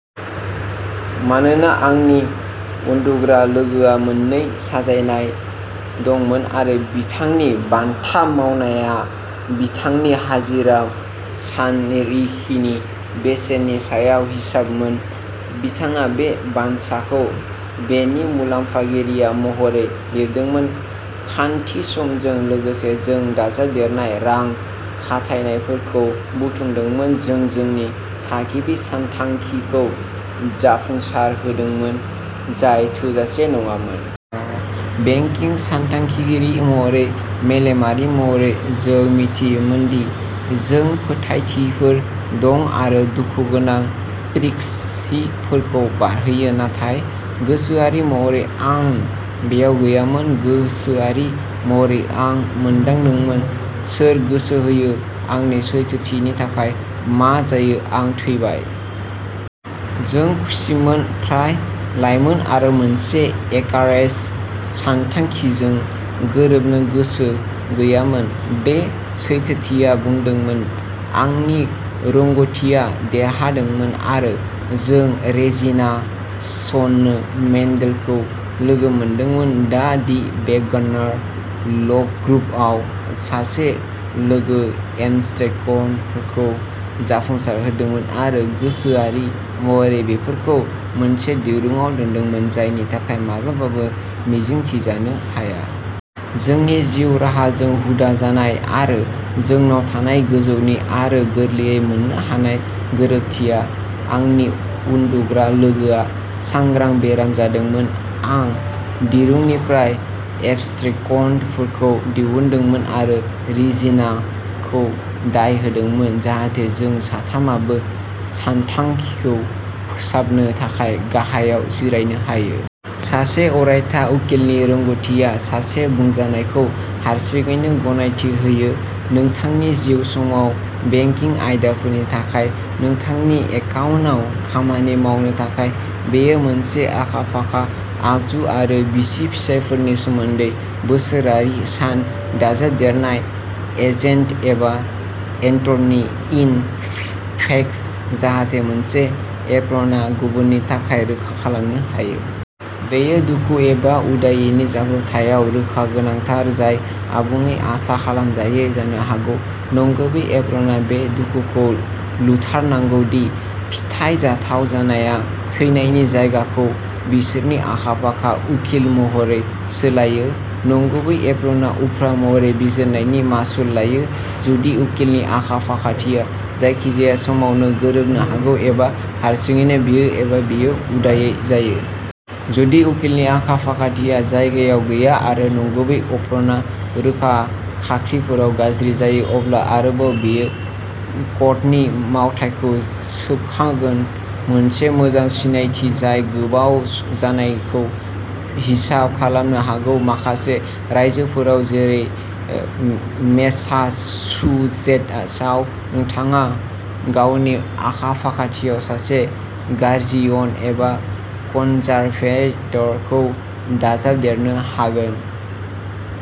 मानोना आंनि उन्दुग्रा लोगोहा मोननै साजायनाय दंमोन आरो बिथांनि बानथा मावनाया बिथांनि हाजिरा सानरिखिनि बेसेननि सायाव हिसाबमोन बिथाङा बे बानसाखौ बेनि मुलाम्फागिरिया महरै लिरदोंमोन। खान्थि समजों लोगोसे जों दाजाबदेरनाय रां खाथायनायफोरखौ बुथुमदोंमोन जों जोंनि थागिबि सानथांखिखौ जाफुंसारहोदोंमोन जाय थोजासे नङामोन। बेंकिं सानथांखिगिरि महरै मेलेमारि महरै जों मिथियोमोन दि जों फोथायथिफोर दं आरो दुखुगोनां प्रक्सिफोरखौ बारहोयो नाथाय गोसोआरि महरै आं बेयाव गैयामोन। गोसोआरि महरै आं मोनदांदोंमोन "सोर गोसो होयो आंनि सैथोथिनि थाखाय मा जायो आं थैबाय?" जों खुसिमोन फ्राय लायमोन आरो मोनसे एकारेज सानथांखिजों गोरोबनो गोसो गैयामोन। बे सैथोथिया बुंदोंमोन आंनि रोंग'थिआ देरहादोंमोन आरो जों रेजिना स्नो मेन्डलखौ लोगो मोनदोंमोन दा दि वेगनार ल'ग्रुपआव सासे लोगो एबस्ट्रेक्टफोरखौ जाफुंसारहोदोंमोन आरो गोसोआरि महरै बेफोरखौ मोनसे दिरुंआव दोनदोंमोन जायनि थाखाय माब्लाबाबो मिजिंथिजानो हाया। जोंनि जिउ राहाजों हुदा जानाय आरो जोंनाव थानाय गोजौनि आरो गोरलैयै मोननो हानाय गोरोबथिया आंनि उन्दुग्रा लोगोआ सांग्रां बेराम जादोंमोन आं दिरुंनिफ्राय एबस्ट्रेक्टफोरखौ दिहुनदोंमोन आरो रेजिनाखौ दाय होदोंमोन जाहाथे जों साथामाबो सानथांखिखौ फोसाबनो थाखाय गाहायाव जिरायनो हायो। सासे अरायथा उकिलनि रोंग'थिआ सासे बुंजानायखौ हारसिङैनो गनायथि होयो। नोंथांनि जिउ समाव बेंकिं आयदाफोरनि थाखाय नोंथांनि एकाउन्टआव खामानि मावनो थाखाय। बेयो मोनसे आखा-फाखा आगजु आरो बिसि-फिसायफोरनि सोमोन्दै बोसोरारि सान दाजाबदेरनाय "एजेन्ट" एबा "एटर्नि-इन-फेक्ट" जाहाथे मोनसे एप्रनआ गुबुननि थाखाय रोखा खालामनो हायो। बेयो दुखु एबा उदायैनि जाब्रबथायआव रोखा गोनांथार जाय आबुङै आसा खालामजायै जानो हागौ। नंगुबै एप्रनआ बे दुखुखौ लुथारनांगौ दि फोथायजाथाव जानाया थैनायनि जायगाखौ बिसोरनि आखा-फाखा उखिल महरै सोलायो। नंगुबै एप्रनआ उफ्रा महरै बिजिरनायनि मासुल लायो जुदि उकिलनि आखा-फाखाथिया जायखिजाया समावनो गोरोबनो हागौ एबा हारसिङै बियो एबा बियो उदायै जायो। जुदि उकिलनि आखा-फाखाथिया जायगायाव गैया आरो नंगुबै एप्रनआ रोखा खाख्रिफोराव गाज्रि जायो अब्ला आरोबाव बेयो कर्टनि मावथायखौ सोबखागोन, मोनसे मोजां सिनायथि जाय गोबाव जानायखौ हिसाब खालामनो हागौ। माखासे रायजोफोराव जेरै मेसाचुसेट्सआव नोंथाङा गावनि आखा-फाखाथियाव सासे गार्जियन एबा कनजारभेटरखौ दाजाबदेरनो हागोन।